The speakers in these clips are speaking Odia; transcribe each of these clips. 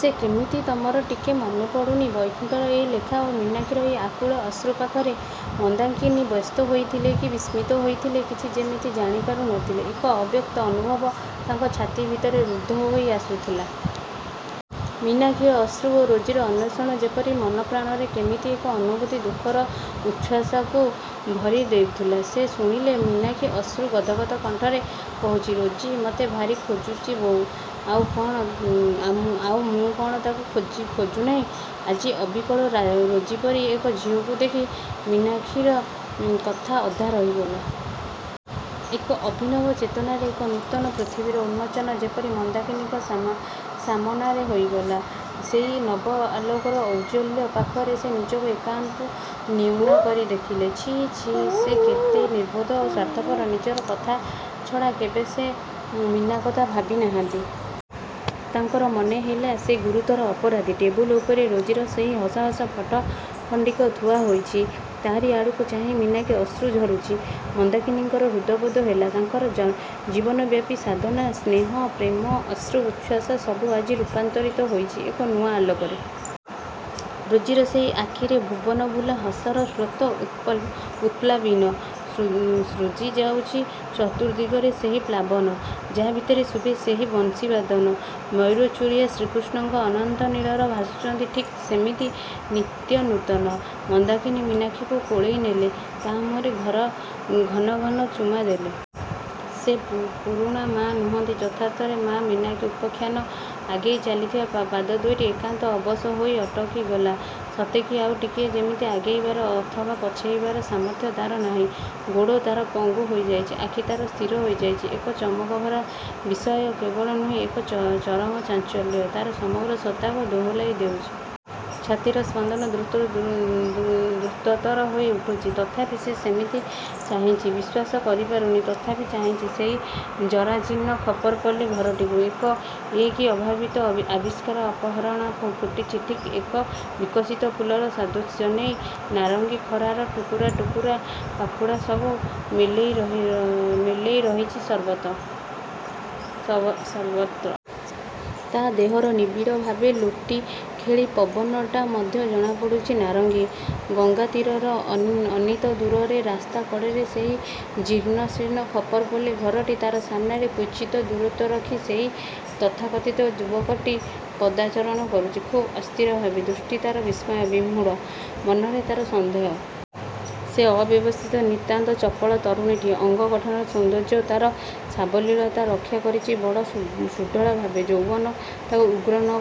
ସେ କି ତମର ଟିକେ ମନେ ପଡ଼ୁନି? ବୈକୁଣ୍ଠର ଏ ଲେଖା ଓ ମୀନାକ୍ଷୀର ଏହି ଆକୁଳ ଅଶ୍ରୁ ପାଖରେ ମନ୍ଦାକିନୀ ବ୍ୟସ୍ତ ହୋଇଥିଲେ କି ବିସ୍ମିତ ହୋଇଥିଲେ କିଛି ଯେମିତି ଜାଣି ପାରୁ ନ ଥିଲେ। ଏକ ଅବ୍ୟକ୍ତ ଅନୁଭବ ତାଙ୍କ ଛାତି ଭିତରେ ରୁଦ୍ଧ ହେଇ ଆସୁଥିଲା। ମୀନାକ୍ଷୀର ଅଶ୍ରୁ ଓ ରୋଜିର ଅନ୍ୱେଷଣ ଯେପରି ମନପ୍ରାଣରେ କେମିତି ଏକ ଅନୁଭୂତି ଦୁଃଖର ଉଚ୍ଛ୍ୱାସକୁ ଭରି ଦେଉଥିଲା। ସେ ଶୁଣିଲେ, ମୀନାକ୍ଷୀ ଅଶ୍ରୁ ଗଦଗଦ କଣ୍ଠରେ କହୁଚି ରୋଜି ମତେ ଭାରୀ ଖୋଜୁଚି ବୋଉ। ଆଉ ମୁଁ କଣ ତାକୁ ଖୋଜୁନାହିଁ? ଆଜି ଅବିକଳ ରୋଜି ପରି ଏକ ଝିଅକୁ ଦେଖି ମୀନାକ୍ଷୀର କଥା ଅଧା ରହିଗଲା । ଏକ ଅଭିନବ ଚେତନାରେ ଏକ ନୂତନ ପୃଥିବୀର ଉନ୍ମୋଚନ ଯେପରି ମନ୍ଦାକିନୀଙ୍କ ସାମନାରେ ହୋଇଗଲା। ସେଇ ନବ ଆଲୋକର ଔଜ୍ଜ୍ୱଲ୍ୟ ପାଖରେ ସେ ନିଜକୁ ଏକାନ୍ତ ନ୍ୟୁନ କରି ଦେଖିଲେ, ଛିଃ ଛିଃ ସେ କେତେ ନିର୍ବୋଧ ଓ ସ୍ୱାର୍ଥପର। ନିଜର କଥା ଛଡ଼ା କେବେ ସେ ମୀନା କଥା ଭାବି ନାହାନ୍ତି। ତାଙ୍କର ମନେ ହେଲା ସେ ଗୁରୁତର ଅପରାଧୀ। ଟେବୁଲ ଉପରେ ରୋଜିର ସେହି ହସ ହସ ଫଟୋ ଖଣ୍ଡିକ ଥୁଆ ହୋଇଚି। ତାରି ଆଡ଼କୁ ଚାହିଁ ମୀନାକ୍ଷୀ ଅଶ୍ରୁ ଝରୁଛି। ମନ୍ଦାକିନୀଙ୍କର ହୃଦବୋଧ ହେଲା ତାଙ୍କର ଜୀବନବ୍ୟାପୀ ସାଧନା, ସ୍ନେହ, ପ୍ରେମ, ଅଶ୍ରୁ ଉଚ୍ଛ୍ୱାସ ସବୁ ଆଜି ରୂପାନ୍ତରିତ ହୋଇଚି ଏକ ନୂଆ ଆଲୋକରେ। ରୋଜିର ସେହି ଆଖିରେ ଭୁବନଭୁଲା ହସର ସ୍ରୋତ ଉତପ୍ଲାବିନୀ। ସୃଜି ଯାଉଚି ଚତୁର୍ଦ୍ଦିଗରେ ସେହି ପ୍ଲାବନ, ଯା ଭିତରେ ଶୁଭେ ସେହି ବଂଶୀବାଦନ, ମୟୂରଚୂଳିଆ ଶ୍ରୀକୃଷ୍ଣ ଅନନ୍ତ ନୀଳରେ ଭାସୁଚନ୍ତି ଠିକ୍ ସେମିତି, ନିତ୍ୟ ନୂତନ। ମନ୍ଦାକିନୀ ମୀନାକ୍ଷୀକୁ କୋଳେଇ ନେଲେ। ତା ମୁହଁରେ ଘନ ଘନ ଚୁମା ଦେଲେ। ସେ ପୁରୁଣା ମା ନୁହଁନ୍ତି ଯଥାର୍ଥରେ ମାଆ ମୀନାକ୍ଷୀ। ଉପାଖ୍ୟାନ ଆଗେଇ ଚାଲିଥିବା ପାଦ ଦୁଇଟି ଏକାନ୍ତ ଅବଶ ହୋଇ ଅଟକିଗଲା ସତେ କି ଆଉ ଟିକିଏ ଯେମିତି ଆଗେଇବାର ଅଥବା ପଛେଇବାରେ ସାମର୍ଥ୍ୟ ତାର ନାହିଁ। ଗୋଡ଼ ତାର ପଙ୍ଗୁ ହୋଇଯାଇଚି, ଆଖି ତାର ସ୍ଥିର ହୋଇଯାଇଚି, ଏକ ଚମକଭରା ବିସୟ କେବଳ ନୁହେଁ, ଏକ ଚରମ ଚାଞ୍ଚଲ୍ୟ ତାର ସମଗ୍ର ସତ୍ତାକୁ ଦୋହଲାଇ ଦଉଚି। ଛାତିର ସ୍ପନ୍ଦନ ଦ୍ରୁତରୁ ଦ୍ରୁତତର ହୋଇଉଠୁଚି। ତଥାପି ସେ ସେମିତି ଚାହିଁଚି। ବିଶ୍ୱାସ କରିପାରୁନି, ତଥାପି ଚାହିଁଛି ସେହି ଜରାଜୀର୍ଣ୍ଣ ଖପରଲି ଘରଟିକୁ। ଏ କି ଅଭାବିତ ଆବିଷ୍କାର, ଅପରାହ୍ନଣ ଫୁଟିଛି। ଠିକ୍ ଏକ ବିକଶିତ ଫୁଲର ସାଦୃଶ୍ୟ ନେଇ ନାରଙ୍ଗୀ ଖରାର ଟୁକୁରା ଟୁକୁରା ପାଖୁଡ଼ା ସବୁ ମେଲେଇ ରହିଚି ସର୍ବତ୍ର । ତା ଦେହର ନିବିଡ଼ ଭାବେ ଲୋଟି ଖେଳି ପବନଟା ମଧ୍ୟ ଜଣାପଡ଼ୁଛି ନାରଙ୍ଗୀ । ଗଙ୍ଗାତୀରର ଅନତିଦୂରରେ, ରାସ୍ତା କଡ଼ରେ ସେହି ଜୀର୍ଣ୍ଣଶୀର୍ଣ୍ଣ ଖପରଲି ଘରଟି। ତାର ସାମ୍ନାରେ କ୍ଵଚିତ୍ ଦୂରତ୍ୱ ରଖି ସେହି ତଥାକଥିତ ଯୁବକଟି ପଦଚାରଣା କରୁଚି ଖୁବ୍ ଅସ୍ଥିର ଭାବେ। ଦୃଷ୍ଟି ତାର ବିସ୍ମୟ ବିମୂଢ଼, ମନରେ ତାର ସନ୍ଦେହ। ସେ ଅବ୍ୟବସ୍ଥିତ ନିତାନ୍ତ ଚପଳ ତରୁଣଟିଏ। ଅଙ୍ଗ ଗଠନର ସୌନ୍ଦର୍ଯ୍ୟ ତାର ସାବଲୀଳତା ରକ୍ଷା କରିଚି ବଡ଼ ସୁଢ଼ଳଭାବେ । ଯୌବନ ତାକୁ ଉଗ୍ର ନ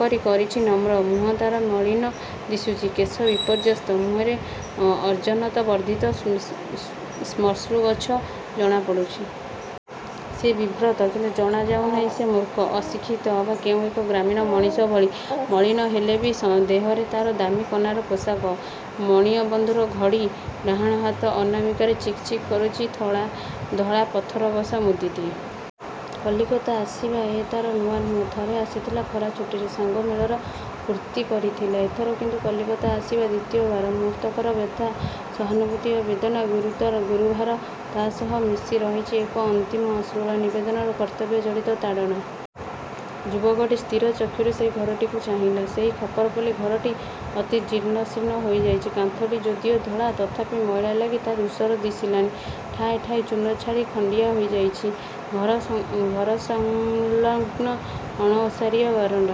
କରି କରିଛି ନମ୍ର । ମୁହଁ ତାର ମଳିନ ଦିଶୁଚି, କେଶ ବିପର୍ଯ୍ୟସ୍ତ। ମୁହଁରେ ଅଯତ୍ନବର୍ଦ୍ଧିତ ଶ୍ମଶ୍ରୁଗୁଚ୍ଛ। ଜଣାପଡ଼ୁଛି । ସେ ବିବ୍ରତ, କିନ୍ତୁ ଜଣାଯାଉ ନାହିଁ ସେ ମୂର୍ଖ, ଅଶିକ୍ଷିତ ଅବା କେଉଁ ଏକ ଗ୍ରାମୀଣ ମଣିଷ ଭଳି। ମଳିନ ହେଲେ ବି ଦେହରେ ତାର ଦାମି କନାର ପୋଷାକ। ମଣିବନ୍ଧରେ ଘଡ଼ି, ଡାହାଣ ହାତ ଅନାମିକାରେ ଚିକ୍ ଚିକ୍ କରୁଛି ଧଳା ପଥରବସା ମୁଦିଟିଏ। କଲିକତା ଆସିବା ଏ ତାର ନୂଆ ନୁହେଁ। ଥରେ ଆସିଥିଲା ଖରାଛୁଟିରେ ,ସାଙ୍ଗମେଳରେ ଫୁର୍ତ୍ତି କରିଥିଲା। ଏଥର କିନ୍ତୁ କଲିକତା ଆସିବା ଦ୍ଵିତୀୟ ବାର। ମୁହୂର୍ତ୍ତକର ବ୍ୟଥା, ସହାନୁଭୂତି ଓ ବେଦନାର ଗୁରୁଭାର। ତା ସହ ମିଶି ରହିଚି ଏକ ଅନ୍ତିମ ଅଶ୍ରୁଳ ନିବେଦନର କର୍ତ୍ତବ୍ୟଜଡ଼ିତ ତାଡ଼ନା। ଯୁବକଟି ସ୍ଥିରଚକ୍ଷୁରେ ସେହି ଘରକୁ ଚାହିଁଲା। ସେହି ଖପରଲି ଘରଟି ଅତିଜୀର୍ଣ୍ଣ, ଶୀର୍ଣ୍ଣ ହୋଇଯାଇଛି। କାନ୍ଥଟି ଯଦିଓ ଧଳା, ତଥାପି ମଇଳା ଲାଗି ତାହା ଧୂସର ଦିଶିଲାଣି, ଠାଏ ଠାଏ ଚୂନ ଛାଡ଼ି ଖଣ୍ଡିଆ ହୋଇ ଯାଇଚି। ଘରସଂଲଗ୍ନ ଅଣଓସାରି ବାରଣ୍ଡା।